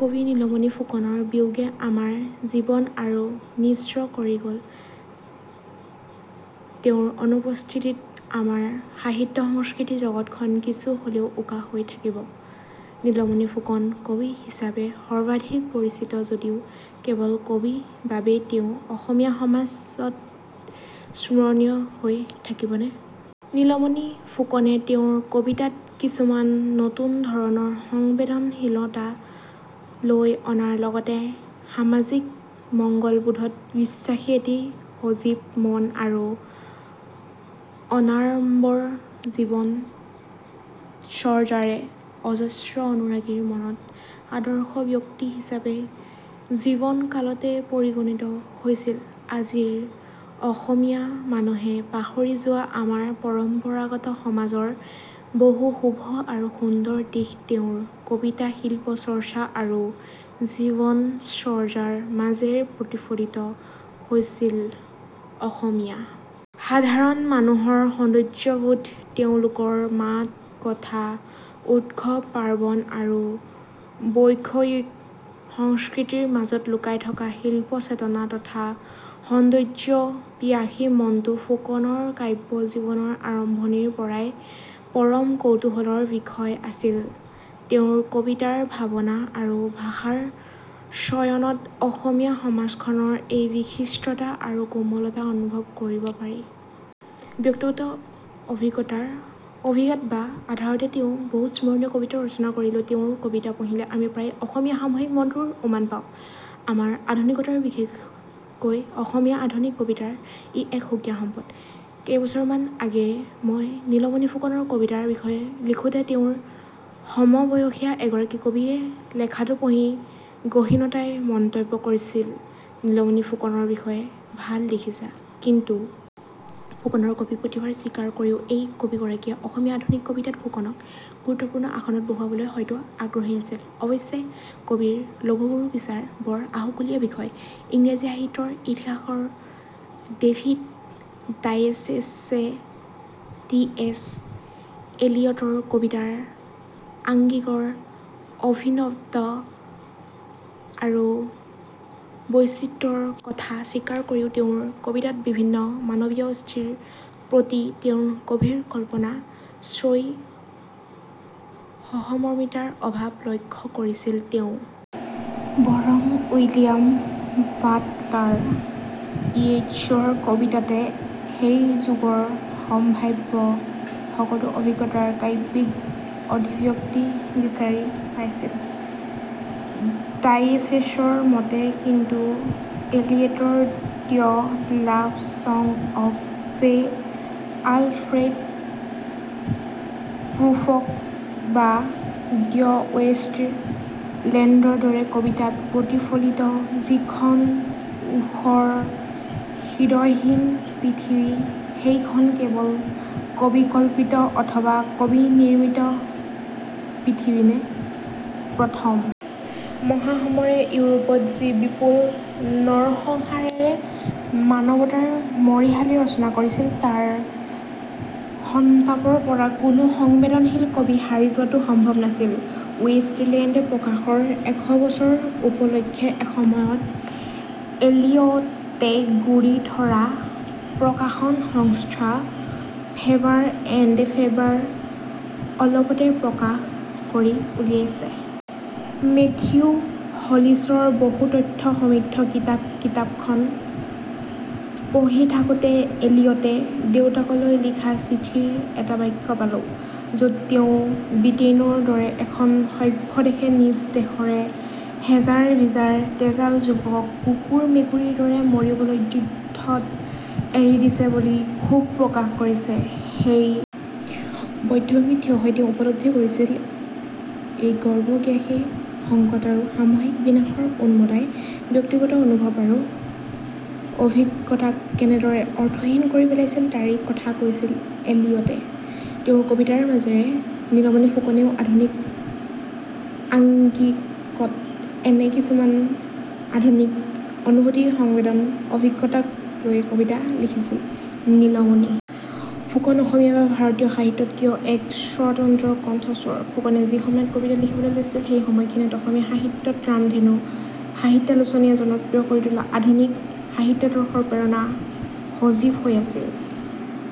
কবি নীলমণি ফুকনৰ বিয়োগে আমাৰ জীৱন আৰু নিঃস্ব কৰি গ'ল। তেওঁৰ অনুপস্থিতিত আমাৰ সাহিত্য সংস্কৃতি জগতখন কিছু হ'লেও উকা হৈ থাকিব। নীলমণি ফুকন কবি হিচাপে সৰ্বাধিক পৰিচিত যদিও কেৱল কবি বাবেই তেওঁ অসমীয়া সমাজত স্মৰণীয় হৈ থাকিবনে? নীলমণি ফুকনে তেওঁৰ কবিতাত কিছুমান নতুন ধৰণৰ সংবেদনশীলতা লৈ অনাৰ লগতে সামাজিক মংগলবোধত বিশ্বাসী এটি সজীৱ মন আৰু অনাড়ম্বৰ জীৱনচৰ্যাৰে অজস্ৰ অনুৰাগীৰ মনত আদৰ্শ ব্যক্তি হিচাপে জীৱনকালতে পৰিগণিত হৈছিল। আজিৰ অসমীয়া মানুহে পাহৰি যোৱা আমাৰ পৰম্পৰাগত সমাজৰ বহু শুভ আৰু সুন্দৰ দিশ তেওঁৰ কবিতা শিল্প চৰ্চা আৰু জীৱনচৰ্যাৰ মাজেৰে প্ৰতিফলিত হৈছিল। অসমীয়া সাধাৰণ মানুহৰ সৌন্দৰ্যবোধ তেওঁলোকৰ মাত কথা উৎসৱ-পাৰ্বন আৰু বৈষয়িক সংস্কৃতিৰ মাজত লুকাই থকা শিল্প চেতনা তথা সৌন্দৰ্য পিয়াসী মনটো ফুকনৰ কাব্য জীৱনৰ আৰম্ভণিৰ পৰাই পৰম কৌতূহলৰ বিষয় আছিল। তেওঁৰ কবিতাৰ ভাবনা আৰু ভাষাৰ চয়নত অসমীয়া সমাজখনৰ এই বিশিষ্টতা আৰু কোমলতা অনুভৱ কৰিব পাৰি। ব্যক্তিগত অভিজ্ঞতাৰ অভিঘাত বা আধাৰতে তেওঁ বহু স্মৰণীয় কবিতা ৰচনা কৰিলেও তেওঁৰ কবিতা পঢ়িলে প্ৰায়ে আমি অসমীয়া সামূহিক মনটোৰ উমান পাওঁ। আমাৰ আধুনিকতাৰ বিশেষকৈ অসমীয়া আধুনিক কবিতাৰ ই এক সুকীয়া সম্পদ। কেইবছৰমান আগেয়ে মই নীলমণি ফুকনৰ কবিতাৰ বিষয়ে লিখোঁতে তেওঁৰ সমবয়সীয়া এগৰাকী কবিয়ে লেখাটো পঢ়ি গহীনাই মন্তব্য কৰিছিল, তুমি ফুকনৰ বিষয়ে ভাল লিখিছা। কিন্তু ফুকনৰ কবি প্ৰতিভা স্বীকাৰ কৰিও এই কবিগৰাকীয়ে অসমীয়া আধুনিক কবিতাত ফুকনক গুৰুত্বপূৰ্ণ আসনত বহুৱাবলৈ হয়তো আগ্ৰহী নাছিল। অৱশ্যে কবিৰ লঘুগুৰু বিচাৰ বৰ আহুকলীয়া বিষয়। ইংৰাজী সাহিত্যৰ ইতিহাসকাৰ ডেভিড ডায়েচেছে টি এছ এলিয়টৰ কবিতাৰ আংগিকৰ অভিনৱত্ব আৰু বৈচিত্ৰ্যৰ কথা স্বীকাৰ কৰিও তেওঁৰ কবিতাত বিভিন্ন মানবীয় স্থিতিৰ প্ৰতি তেওঁৰ গভীৰ কল্পনা শ্ৰয়ী সহমৰ্মিতাৰ অভাৱ লক্ষ্য কৰিছিল। তেওঁ বৰং উইলিয়াম বাটলাৰ ইয়েটছৰ কবিতাতে সেই যুগৰ সম্ভাব্য সকলো অভিজ্ঞতাৰ কাব্যিক অভিব্যক্তি বিচাৰি পাইছিল। ডায়েচেছৰ মতে কিন্তু এলিয়টৰ the love song of J Alfred Prufrock বা দ্য ৱেষ্ট লেণ্ডৰদৰে কবিতাত প্ৰতিফলিত যিখন ঊষৰ হৃদয়হীন পৃথিৱী সেইখন কেৱল কবি কল্পিত অথবা কবি নিৰ্মিত পৃথিৱীনে ।প্ৰথম মহাসমৰে ইউৰোপত যি বিপুল নৰসংহাৰেৰে মানবতাৰ মৰিশালী ৰচনা কৰিছিল ,তাৰ সন্তাপৰ পৰা কোনো সংবেদনশীল কবি সাৰি যোৱাটো সম্ভৱ নাছিল। ৱেষ্ট লেণ্ড প্ৰকাশৰ এশবছৰ উপলক্ষে এসময়ত এলিয়টে গুৰি ধৰা প্ৰকাশন সংস্থা ফেবাৰ এণ্ড ফেবাৰে অলপতে প্ৰকাশ কৰি উলিয়াইছে। মেথিউ হলিছৰ বহু তথ্য সমৃদ্ধ কিতাপ কিতাপখন পঢ়ি থাকোঁতে এলিয়টে দেউতাকলৈ লিখা চিঠিৰ এটা বাক্য পালোঁ, য'ত তেওঁ বৃটেইনৰ দৰে এখন সভ্য দেশে নিজ দেশৰে হেজাৰ-বিজাৰ তেজাল যুৱকক কুকুৰ-মেকুৰীৰ দৰে মৰিবলৈ যুদ্ধত এৰি দিছে বুলি ক্ষোভ প্ৰকাশ কৰিছে। সেই বধ্যভূমিত থিয় হৈ তেওঁ উপলব্ধি কৰিছিল, এই সৰ্বগ্ৰাসী সংকট আৰু সামূহিক বিনাশৰ উন্মত্ততাই ব্যক্তিগত অনুভৱ আৰু অভিজ্ঞতাক কেনেদৰে অৰ্থহীন কৰি পেলাইছিল তাৰেই কথা কৈছিল এলিয়টে ।তেওঁৰ কবিতাৰ মাজেৰে নীলমণি ফুকনেও আধুনিক আংগিকত এনে কিছুমান আধুনিক অনুভতি সংবেদন অভিজ্ঞতাক লৈয়ে কবিতা লিখিছিল। নীলমণি ফুকন অসমীয়া বা ভাৰতীয় সাহিত্যত কিয় এক স্বতন্ত্ৰ কন্ঠস্বৰ ?ফুকনে যি সময়ত কবিতা লিখিবলৈ লৈছিল সেই সময়খিনিত অসমীয়া সাহিত্যত ৰামধেনু সাহিত্যালোচনীয়ে জনপ্ৰিয় কৰি তোলা আধুনিক সাহিত্যাদৰ্শৰ প্ৰেৰণা সজীৱ হৈ আছিল।